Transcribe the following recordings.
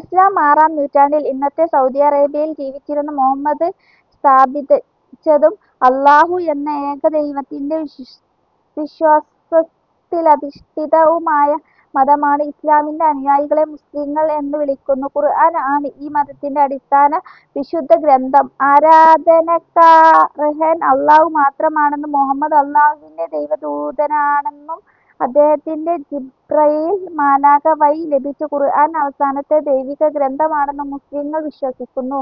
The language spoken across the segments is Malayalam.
ഇസ്ലാം ആറാം നൂറ്റാണ്ടിൽ ഇന്നത്തെ സൗദി അറേബ്യയിൽ ജീവിച്ചിരുന്ന മുഹമ്മദ് സ്ഥാപിച്ചതും, അല്ലാഹു എന്ന ഏകദൈവത്തിൻ്റെ വീശിശ് വിശ്വാസത്തിലധിഷ്ഠിതവുമായ മതമാണ്. ഇസ്ലാമിൻ്റെ അനുയായികളെ മുസ്ലിങ്ങൾ എന്ന് വിളിക്കുന്നു. ഖുർആൻ ആണ് ഈ മതത്തിൻ്റെ അടിസ്ഥാന വിശുദ്ധഗ്രന്ഥം. ആരാധനക്കർഹൻ അല്ലാഹു മാത്രമാണെന്നും മുഹമ്മദ് അല്ലാഹുവിൻ്റെ ദൈവദൂതനാണെന്നും അദ്ദേഹത്തിന് ജിബ്രീൽ മാലാഖ വഴി ലഭിച്ച ഖുർആൻ അവസാനത്തെ ദൈവിക ഗ്രന്ഥമാണെന്നും മുസ്ലിങ്ങൾ വിശ്വസിക്കുന്നു.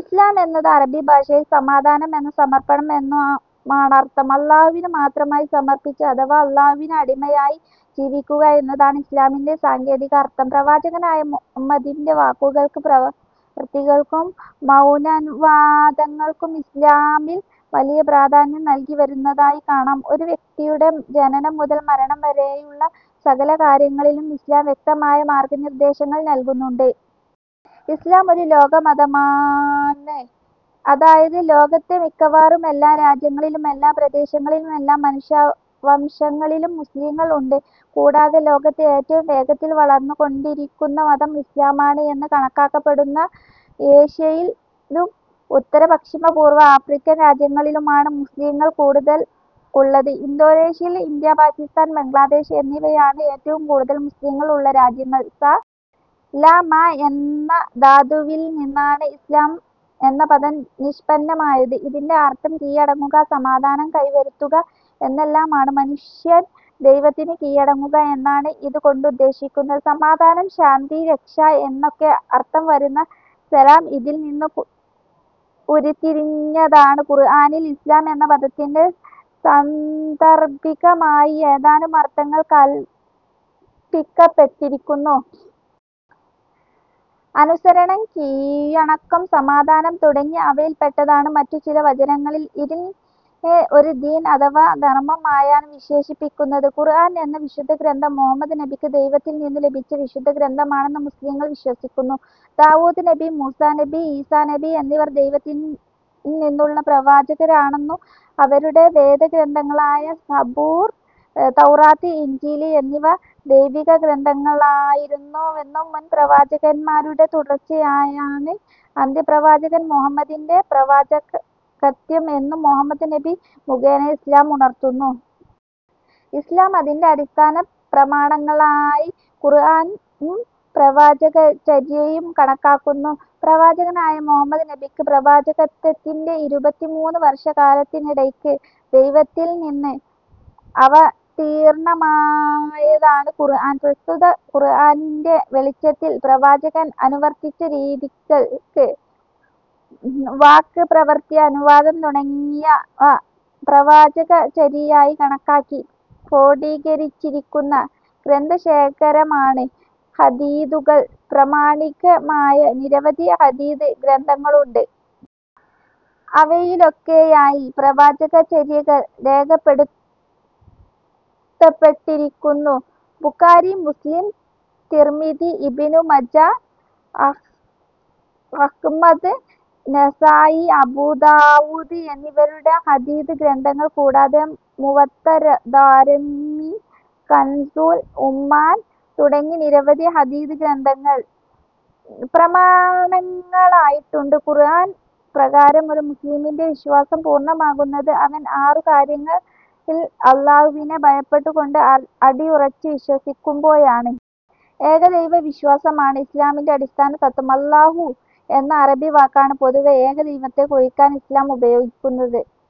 ഇസ്ലാം എന്നാൽ അറബി ഭാഷയിൽ സമാധാനം എന്നും സമർപ്പണം എന്നുമാണർത്ഥം. അല്ലാഹുവിന് മാത്രമായി സമർപ്പിച്ചു, അഥവാ അല്ലാഹുവിന് അടിമയായി ജീവിക്കുക എന്നതാണ് ഇസ്ലാമിൻ്റെ സാങ്കേതികാർത്ഥം. പ്രവാചകനായ മുഹമ്മദിൻ്റെ വാക്കുകൾക്കും പ്രവർത്തികൾക്കും മൗനാനുവാദങ്ങൾക്കും ഇസ്ലാമിൽ വലിയ പ്രാധാന്യം നൽകി വരുന്നതായി കാണാം. ഒരു വ്യക്തിയുടെ ജനനം മുതൽ മരണം വരെയുള്ള സകല കാര്യങ്ങളിലും ഇസ്ലാം വ്യക്തമായ മാർഗനിർദ്ദേശങ്ങൾ നൽകുന്നുണ്ട്. ഇസ്ലാം ഒരു ലോകമതമാണ്. അതായത് ലോകത്തെ മിക്കവാറും എല്ലാ രാജ്യങ്ങളിലും എല്ലാ പ്രദേശങ്ങളിലും എല്ലാ മനുഷ്യവംശങ്ങളിലും മുസ്ലിങ്ങൾ ഉണ്ട്. കൂടാതെ ലോകത്ത് ഏറ്റവും വേഗത്തിൽ വളർന്നുകൊണ്ടിരിക്കുന്ന മതം ഇസ്ലാമാണ് എന്ന് കണക്കാക്കപ്പെടുന്ന ഏഷ്യയിലും ഉത്തര പശ്ചിമ പൂർവ്വ ആഫ്രിക്കൻ രാജ്യങ്ങളിലുമാണ് മുസ്ലിങ്ങൾ കൂടുതൽ ഉള്ളത്. ഇന്തോനേഷ്യ, ഇന്ത്യ, പാകിസ്താൻ, ബംഗ്ലാദേശ് എന്നിവയാണ് ഏറ്റവും കൂടുതൽ മുസ്ലിങ്ങൾ ഉള്ള രാജ്യങ്ങൾ.സ ല മ എന്ന ധാതുവിൽ നിന്നാണ് ഇസ്ലാം എന്ന പദം നിഷ്പന്നമായത്. ഇതിൻ്റെ അർത്ഥം കീഴടങ്ങുക, സമാധാനം കൈവരുത്തുക എന്നെല്ലാമാണ്. മനുഷ്യൻ ദൈവത്തിന് കീഴടങ്ങുക എന്നാണ് ഇത് കൊണ്ടുദ്ദേശിക്കുന്നത്. സമാധാനം, ശാന്തി, രക്ഷ എന്നൊക്കെ അർത്ഥം വരുന്ന സലാം ഇതിൽ നിന്ന് ഉരുത്തിരിഞ്ഞതാണ്. ഖുർആനിൽ ഇസ്ലാം എന്ന പദത്തിന്റെ സന്ദർഭികമായി ഏതാനും അർത്ഥങ്ങൾ കൽപ്പിക്കപ്പെട്ടിരിക്കുന്നു. അനുസരണം, കീഴ്വണക്കം, സമാധാനം തുടങ്ങിയവ അവയിൽപ്പെട്ടതാണ്. മറ്റു ചില വചനങ്ങളിൽ ഇതിനെ ഒരു ദീൻ അഥവാ ധർമ്മം ആയാണ് വിശേഷിപ്പിക്കുന്നത്. ഖുർആൻ എന്ന വിശുദ്ധഗ്രന്ഥം മുഹമ്മദ് നബിക്ക് ദൈവത്തിൽ നിന്നും ലഭിച്ച വിശുദ്ധഗ്രന്ഥമാണെന്ന് മുസ്ലിങ്ങൾ വിശ്വസിക്കുന്നു. ദാവൂദ് നബി, മൂസ നബി, ഈസ നബി എന്നിവർ ദൈവത്തിൽ നിന്നുള്ള പ്രവാചകരാണെന്നും അവരുടെ വേദഗ്രന്ഥങ്ങളായ സബൂർ, തൗറാത്ത്, ഇഞ്ചീല് എന്നിവ ദൈവികഗ്രന്ഥങ്ങളായിരുന്നുവെന്നും മുൻ പ്രവാചകന്മാരുടെ തുടർച്ചയായാണ് അന്ത്യപ്രവാചകൻ മുഹമ്മദിൻ്റെ പ്രവാചക കത്വം എന്നും മുഹമ്മദ് നബി മുഖേന ഇസ്ലാം ഉണർത്തുന്നു. ഇസ്ലാം അതിൻ്റെ അടിസ്ഥാന പ്രമാണങ്ങളായി ഖുർആനും പ്രവാചകചര്യയും കണക്കാക്കുന്നു. പ്രവാചകനായ മുഹമ്മദ് നബിക്ക് പ്രവാചകത്വത്തിൻ്റെ ഇരുപത്തിമൂന്ന് വർഷക്കാലത്തിനിടയ്ക്ക് ദൈവത്തിൽ നിന്ന് അവതീർണ്ണമായതാണ് ഖുർആൻ. പ്രസ്തുത ഖുർആനിൻ്റെ വെളിച്ചത്തിൽ പ്രവാചകൻ അനുവർത്തിച്ച രീതിക്ക്ക്ക്, വാക്ക്, പ്രവൃത്തി, അനുവാദം തുടങ്ങിയവ പ്രവാചകചര്യയായി കണക്കാക്കി ക്രോഡീകരിച്ചിരിക്കുന്ന ഗ്രന്ഥശേഖരമാണ് ഹദീഥുകൾ. പ്രാമാണികമായ നിരവധി ഹദീഥ് ഗ്രന്ഥങ്ങളുണ്ട്. അവയിലൊക്കെയായി പ്രവാചകചര്യകൾ രേഖപ്പെടുത്തപ്പെട്ടിരിക്കുന്നു. Bukhari, Muslim, Tirmidhi, Ibn Majah, Ahmad, Nasai, Abu Dawud എന്നിവരുടെ ഹദീഥ് ഗ്രന്ഥങ്ങൾ കൂടാതെ മുവത്വ, ദാരിമി, കൻസുൽ ഉമ്മാൽ തുടങ്ങി നിരവധി ഹദീഥ് ഗ്രന്ഥങ്ങൾ പ്രമാണങ്ങളായിട്ടുണ്ട്. ഖുർആൻ പ്രകാരം ഒരു മുസ്ലിമിൻ്റെ വിശ്വാസം പൂർണ്ണമാകുന്നത് അവൻ ആറു കാര്യങ്ങളിൽ അല്ലാഹുവിനെ ഭയപ്പെട്ടുകൊണ്ട് അ അടിയുറച്ച് വിശ്വസിക്കുമ്പോഴാണ്. ഏകദൈവ വിശ്വാസമാണ് ഇസ്ലാമിന്റെ അടിസ്ഥാന തത്ത്വം. അല്ലാഹു എന്ന അറബി വാക്കാണ് പൊതുവെ ഏകദൈവത്തെ കുറിക്കാൻ ഇസ്ലാം ഉപയോഗിക്കുന്നത്.